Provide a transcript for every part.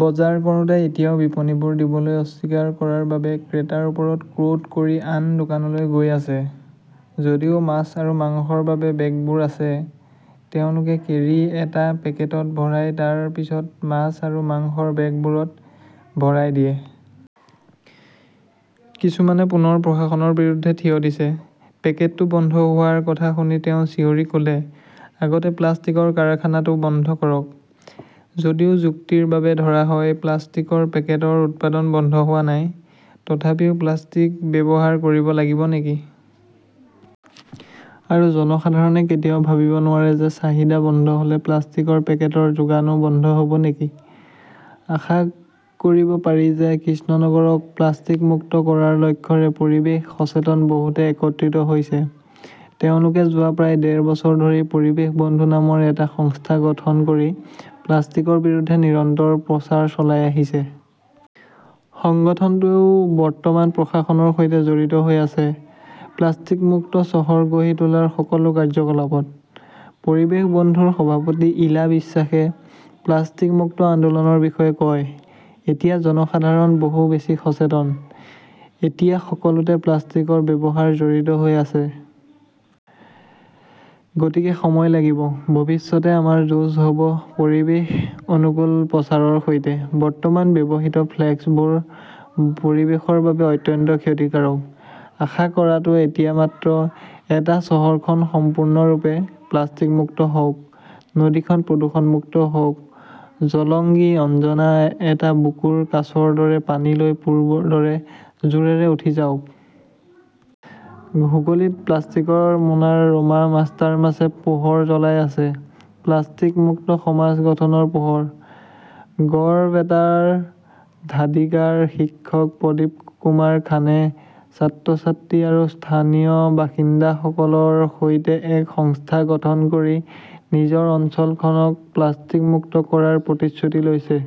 বজাৰ কৰোঁতাই এতিয়াও বিপণীবোৰ দিবলৈ অস্বীকাৰ কৰাৰ বাবে ক্ৰেতাৰ ওপৰত ক্ৰোধ কৰি আন দোকানলৈ গৈ আছে। যদিও মাছ আৰু মাংসৰ বাবে বেগবোৰ আছে, তেওঁলোকে কেৰী এটা পেকেটত ভৰাই তাৰ পিছত মাছ আৰু মাংসৰ বেগবোৰত ভৰাই দিয়ে। কিছুমানে পুনৰ প্ৰশাসনৰ বিৰুদ্ধে থিয় দিছে। পেকেটটো বন্ধ হোৱাৰ কথা শুনি তেওঁ চিঞৰি ক "লে", আগতে প্লাষ্টিকৰ কাৰখানাটো বন্ধ কৰক! "যদিও যুক্তিৰ বাবে ধৰা হয়-প্লাষ্টিকৰ পেকেটৰ উৎপাদন বন্ধ হোৱা নাই, তথাপিও প্লাষ্টিক ব্যৱহাৰ কৰিব লাগিব নেকি? আৰু জনসাধাৰণে কেতিয়াও ভাবিব নোৱাৰে যে চাহিদা বন্ধ হ "লে প্লাষ্টিকৰ পেকেটৰ যোগানও বন্ধ হ" ব নেকি? আশা কৰিব পাৰি যে কৃষ্ণনগৰক প্লাষ্টিক মুক্ত কৰাৰ লক্ষ্যৰে পৰিৱেশ সচেতন বহুতে একত্ৰিত হৈছে। তেওঁলোকে যোৱা প্ৰায় ডেৰ বছৰ ধৰি 'পৰিৱেশ বন্ধু "নামৰ এটা সংস্থা গঠন কৰি প্লাষ্টিকৰ বিৰুদ্ধে নিৰন্তৰ প্ৰচাৰ চলাই আহিছে। সংগঠনটোৱেও বৰ্তমান প্ৰশাসনৰ সৈতে জড়িত হৈ আছে, প্লাষ্টিক-মুক্ত চহৰ গঢ়ি তোলাৰ সকলো কাৰ্যকলাপত। 'পৰিৱেশ বন্ধু "ৰ সভাপতি ইলা বিশ্বাসে প্লাষ্টিক মুক্ত আন্দোলনৰ বিষয়ে কয়", এতিয়া জনসাধাৰণ বহু বেছি সচেতন। এতিয়া সকলোতে প্লাষ্টিকৰ ব্যৱহাৰ জড়িত হৈ আছে। গতিকে সময় লাগিব। ভৱিষ্যতে আমাৰ যুঁজ হ "ব পৰিৱেশ-অনুকূল প্ৰচাৰৰ সৈতে। বৰ্তমান ব্যৱহৃত ফ্লেক্সবোৰ পৰিৱেশৰ বাবে অত্যন্ত ক্ষতিকাৰক। "আশা কৰাটো এতিয়া মাত্ৰ এটা-চহৰখন সম্পূৰ্ণৰূপে প্লাষ্টিক মুক্ত হওক। নদীখন প্ৰদূষণমুক্ত হওক। জলংগী, অঞ্জনা, এটা বুকুৰ কাচৰ দৰে পানী লৈ পূৰ্বৰ দৰে জোৰেৰে উঠি যাওক। হুগলীত প্লাষ্টিকৰ মোনাৰ ৰোমা মাষ্টাৰমাছে পোহৰ জ্বলাই আছে। প্লাষ্টিক মুক্ত সমাজ গঠনৰ পোহৰ। গড়বেতাৰ ধাদিকাৰ শিক্ষক প্ৰদীপ কুমাৰ খানে ছাত্ৰ-ছাত্ৰী আৰু স্থানীয় বাসিন্দাসকলৰ সৈতে এক সংস্থা গঠন কৰি নিজৰ অঞ্চলখনক প্লাষ্টিক মুক্ত কৰাৰ প্ৰতিশ্ৰুতি লৈছে।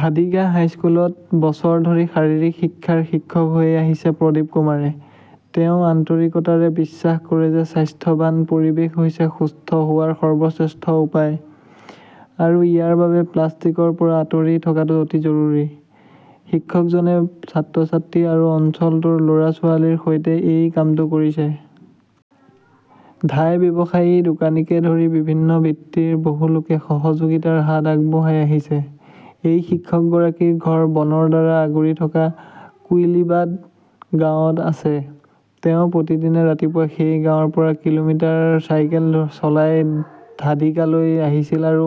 ধাদিকা হাইস্কুলত বছৰ ধৰি শাৰীৰিক শিক্ষাৰ শিক্ষক হৈ আহিছে প্ৰদীপ কুমাৰে। তেওঁ আন্তৰিকতাৰে বিশ্বাস কৰে যে স্বাস্থ্যৱান পৰিৱেশ হৈছে সুস্থ হোৱাৰ সৰ্বশ্ৰেষ্ঠ উপায়। আৰু ইয়াৰ বাবে প্লাষ্টিকৰ পৰা আঁতৰি থকাটো অতি জৰুৰী। শিক্ষকজনে ছাত্ৰ-ছাত্ৰী আৰু অঞ্চলটোৰ ল "ৰা-ছোৱালীৰ সৈতে এই কামটো কৰিছে। ধাই ব্যৱসায়ী, দোকানীকে ধৰি বিভিন্ন বৃত্তিৰ বহু লোকে সহযোগিতাৰ হাত আগবঢ়াই আহিছে। এই শিক্ষকগৰাকীৰ ঘৰ বনৰ দ্বাৰা আগুৰি থকা কুইলিবাদ গাঁৱত আছে। তেওঁ প্ৰতিদিনে ৰাতিপুৱা সেই গাঁৱৰ পৰা কিলোমিটাৰ চাইকেল চলাই ধাদিকালৈ আহিছিল আৰু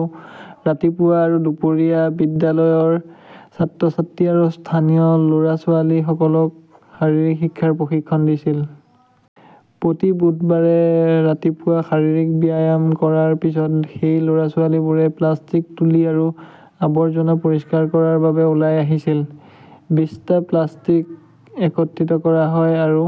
ৰাতিপুৱা আৰু দুপৰীয়া বিদ্যালয়ৰ ছাত্ৰ-ছাত্ৰী আৰু স্থানীয় ল "ৰা-ছোৱালীসকলক শাৰীৰিক শিক্ষাৰ প্ৰশিক্ষণ দিছিল। প্ৰতি বুধবাৰে ৰাতিপুৱা শাৰীৰিক ব্যায়াম কৰাৰ পিছত, সেই ল "ৰা-ছোৱালীবোৰে প্লাষ্টিক তুলি আৰু আৱৰ্জনা পৰিষ্কাৰ কৰাৰ বাবে ওলাই আহিছিল। বিশটা প্লাষ্টিক একত্ৰিত কৰা হয় আৰু